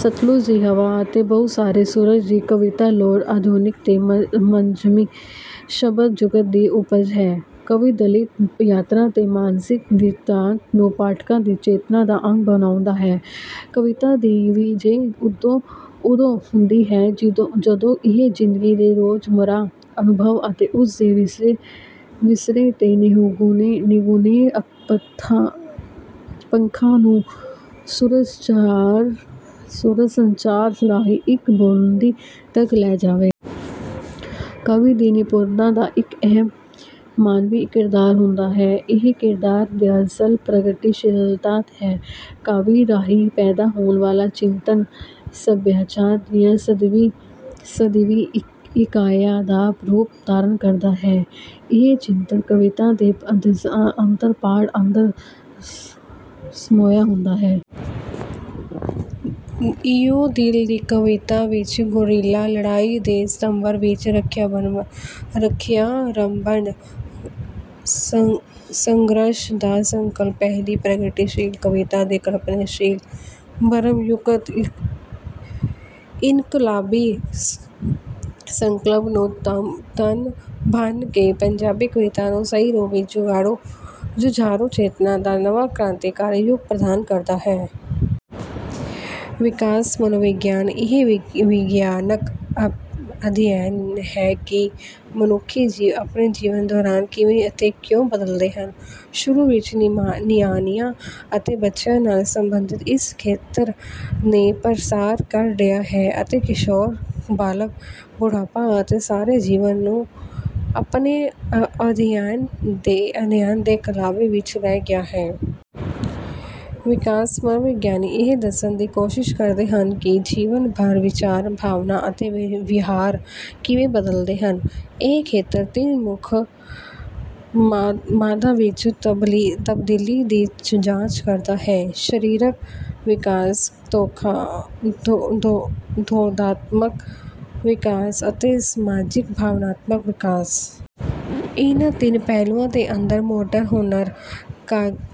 ‘ਸਤਲੁੱਜ ਦੀ ਹਵਾ’ ਅਤੇ ‘ਬਹੁਤ ਸਾਰੇ ਸੂਰਜ’ ਦੀ ਕਵਿਤਾ ਲੋੜ, ਆਧੁਨਿਕ ਤੇ ਸੰਜਮੀ ਸ਼ਬਦ-ਜੁਗਤ ਦੀ ਉਪਜ ਹੈ। ਕਵੀ ਦਲਿਤ ਪਾਤਰਾਂ ਦੇ ਮਾਨਸਿਕ ਬਿਰਤਾਂਤ ਨੂੰ ਪਾਠਕਾਂ ਦੀ ਚੇਤਨਾ ਦਾ ਅੰਗ ਬਣਾਉਂਦਾ ਹੈ। ਕਵਿਤਾ ਦੀ ਵਿਜੈ ਉਦੋਂ ਹੁੰਦੀ ਹੈ, ਜਦੋਂ ਇਹ ਜ਼ਿੰਦਗੀ ਦੇ ਰੋਜ਼-ਮਰਾ ਅਨੁਭਵ ਅਤੇ ਉਸ ਦੇ ਵਿਸਰੇ ਤੇ ਨਿਗੂਣੇ ਪੱਖਾਂ ਨੂੰ ਸੁਹਜ ਸੰਚਾਰ ਰਾਹੀਂ ਇੱਕ ਬੁਲੰਦੀ ਤੱਕ ਲੈ ਜਾਵੇ। ਕਵੀ ਦੀ ਨਿਪੁੰਨਤਾ ਦਾ ਇੱਕ ਅਹਿਮ ਮਾਨਵੀ ਕਿਰਦਾਰ ਹੁੰਦਾ ਹੈ। ਇਹੀ ਕਿਰਦਾਰ, ਦਰਅਸਲ, ਪ੍ਰਗਤੀਸ਼ੀਲਤਾ ਹੈ। ਕਾਵਿ ਰਾਹੀਂ ਪੈਦਾ ਹੋਣ ਵਾਲਾ ਚਿੰਤਨ ਸਭਿਆਚਾਰ ਦੀਆਂ ਸਦੀਵੀ ਇਕਾਈਆਂ ਦਾ ਰੂਪ ਧਾਰਣ ਕਰਦਾ ਹੈ। ਇਹ ਚਿੰਤਨ ਕਵਿਤਾ ਦੇ ਅਦ੍ਰਿਸ਼ਟ ਅੰਤਰ-ਪਾਠ ਅੰਦਰ ਸਮੋਇਆ ਹੁੰਦਾ ਹੈ। ‘ਇਉਂ ਦਿਲ ਦੀ ਕਵਿਤਾ’ ਵਿੱਚ ਗੁਰੀਲਾ ਲੜਾਈ ਦੇ ਸੰਦਰਭ ਵਿੱਚ ਹਥਿਆਰਬੰਦ ਸੰਘਰਸ਼ ਦਾ ਸੰਕਲਪ ਪਹਿਲੀ ਪ੍ਰਗਤੀਸ਼ੀਲ ਕਵਿਤਾ ਦੇ ਕਲਪਨਾਸ਼ੀਲ, ਭਰਮ-ਯੁਕਤ ਇਨਕਲਾਬੀ ਸੰਕਲਪ ਨੂੰ ਭੰਨ ਕੇ ਪੰਜਾਬੀ ਕਵਿਤਾ ਨੂੰ ਸਹੀ ਰੂਪ ਵਿੱਚ ਜੁਝਾਰੂ ਚੇਤਨਾ ਦਾ ਨਵਾਂ ਕ੍ਰਾਂਤੀਕਾਰੀ ਯੁੱਗ ਪ੍ਰਦਾਨ ਕਰਦਾ ਹੈ। ਵਿਕਾਸ ਮਨੋਵਿਗਿਆਨ ਇਹ ਵਿਗਿਆਨਕ ਅਧਿਐਨ ਹੈ ਕਿ ਮਨੁੱਖੀ ਜੀਵ ਆਪਣੇ ਜੀਵਨ ਦੌਰਾਨ ਕਿਵੇਂ ਅਤੇ ਕਿਉਂ ਬਦਲਦੇ ਹਨ। ਸ਼ੁਰੂ ਵਿੱਚ ਨਿਆਣਿਆਂ ਅਤੇ ਬੱਚਿਆਂ ਨਾਲ ਸੰਬੰਧਿਤ ਇਸ ਖੇਤਰ ਨੇ ਪਸਾਰ ਕਰ ਲਿਆ ਹੈ ਅਤੇ ਕਿਸ਼ੋਰ, ਬਾਲਗ, ਬੁਢਾਪਾ ਅਤੇ ਸਾਰੇ ਜੀਵਨ ਨੂੰ ਆਪਣੇ ਅਧਿਐਨ ਦੇ ਕਲਾਵੇ ਵਿੱਚ ਲੈ ਲਿਆ ਹੈ। ਵਿਕਾਸ ਮਨੋਵਿਗਿਆਨੀ ਇਹ ਦੱਸਣ ਦੀ ਕੋਸ਼ਿਸ਼ ਕਰਦੇ ਹਨ ਕਿ ਜੀਵਨ ਭਰ ਵਿਚਾਰ, ਭਾਵਨਾ ਅਤੇ ਵਿਹਾਰ ਕਿਵੇਂ ਬਦਲਦੇ ਹਨ। ਇਹ ਖੇਤਰ ਤਿੰਨ ਮੁੱਖ ਮਾਪਾਂ ਵਿੱਚ ਤਬਦੀਲੀ ਦੀ ਜਾਂਚ ਕਰਦਾ ਹੈ: ਸਰੀਰਕ ਵਿਕਾਸ, ਬੋਧਾਤਮਕ ਵਿਕਾਸ ਅਤੇ ਸਮਾਜਿਕ-ਭਾਵਨਾਤਮਕ ਵਿਕਾਸ। ਇਹਨਾਂ ਤਿੰਨ ਪਹਿਲੂਆਂ ਦੇ ਅੰਦਰ ਮੋਟਰ ਹੁਨਰ,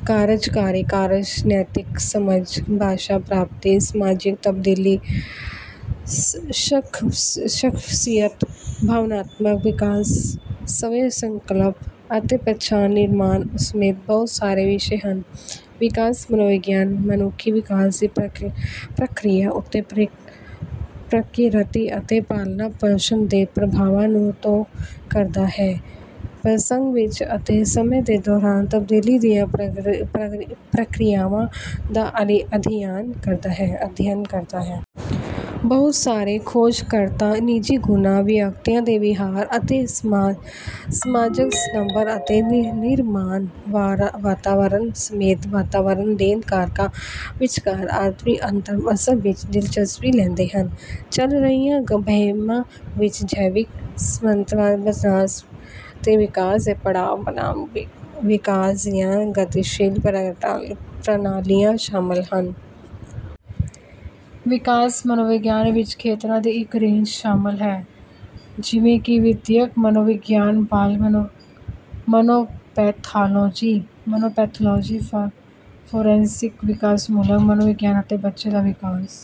ਕਾਰਜਕਾਰੀ ਕਾਰਜ, ਨੈਤਿਕ ਸਮਝ, ਭਾਸ਼ਾ ਪ੍ਰਾਪਤੀ, ਸਮਾਜਿਕ ਤਬਦੀਲੀ, ਸ਼ਖ਼ਸੀਅਤ, ਭਾਵਨਾਤਮਕ ਵਿਕਾਸ, ਸਵੈ-ਸੰਕਲਪ ਅਤੇ ਪਛਾਣ-ਨਿਰਮਾਣ ਸਮੇਤ ਬਹੁਤ ਸਾਰੇ ਵਿਸ਼ੇ ਹਨ। ਵਿਕਾਸ ਮਨੋਵਿਗਿਆਨ ਮਨੁੱਖੀ ਵਿਕਾਸ ਦੀ ਪ੍ਰਕਿਰਿਆ ਉੱਤੇ ਪ੍ਰਕਿਰਤੀ ਅਤੇ ਪਾਲਣ-ਪੋਸ਼ਣ ਦੇ ਪ੍ਰਭਾਵਾਂ ਦੀ ਘੋਖ ਕਰਦਾ ਹੈ ਅਤੇ ਪ੍ਰਸੰਗ ਵਿੱਚ ਅਤੇ ਸਮੇਂ ਦੇ ਦੌਰਾਨ ਤਬਦੀਲੀ ਦੀਆਂ ਪ੍ਰਕਿਰਿਆਵਾਂ ਦਾ ਅਧਿਐਨ ਕਰਦਾ ਹੈ। ਬਹੁਤ ਸਾਰੇ ਖੋਜਕਰਤਾ ਨਿੱਜੀ ਗੁਣਾਂ, ਵਿਅਕਤੀ ਦੇ ਵਿਹਾਰ ਅਤੇ ਸਮਾਜਕ ਸੰਦਰਭ ਅਤੇ ਨਿਰਮਾਣ-ਵਾਤਾਵਰਨ ਸਮੇਤ ਵਾਤਾਵਰਣ ਦੇ ਕਾਰਕਾਂ ਵਿਚਕਾਰ ਆਪਸੀ ਅੰਤਰ-ਅਮਲ ਵਿੱਚ ਦਿਲਚਸਪੀ ਲੈਂਦੇ ਹਨ। ਚੱਲ ਰਹੀਆਂ ਬਹਿਸਾਂ ਵਿੱਚ ਜੈਵਿਕ ਸਾਰਤੱਤਵਾਦ ਬਨਾਮ ਨਿਊਰੋਪਲਾਸਟੀਸਿਟੀ ਅਤੇ ਵਿਕਾਸ ਦੇ ਪੜਾਅ ਬਨਾਮ ਵਿਕਾਸ ਦੀਆਂ ਗਤੀਸ਼ੀਲ ਪ੍ਰਣਾਲੀਆਂ ਸ਼ਾਮਲ ਹਨ। ਵਿਕਾਸ ਮਨੋਵਿਗਿਆਨ ਵਿੱਚ ਖੇਤਰਾਂ ਦੀ ਇੱਕ ਰੇਂਜ ਸ਼ਾਮਲ ਹੈ, ਜਿਵੇਂ ਕਿ ਵਿਦਿਅਕ ਮਨੋਵਿਗਿਆਨ, ਬਾਲ ਮਨੋਪੈਥਾਲੌਜੀ, ਫੋਰੈਂਸਿਕ ਵਿਕਾਸਮੂਲਕ ਮਨੋਵਿਗਿਆਨ ਅਤੇ ਬੱਚੇ ਦਾ ਵਿਕਾਸ।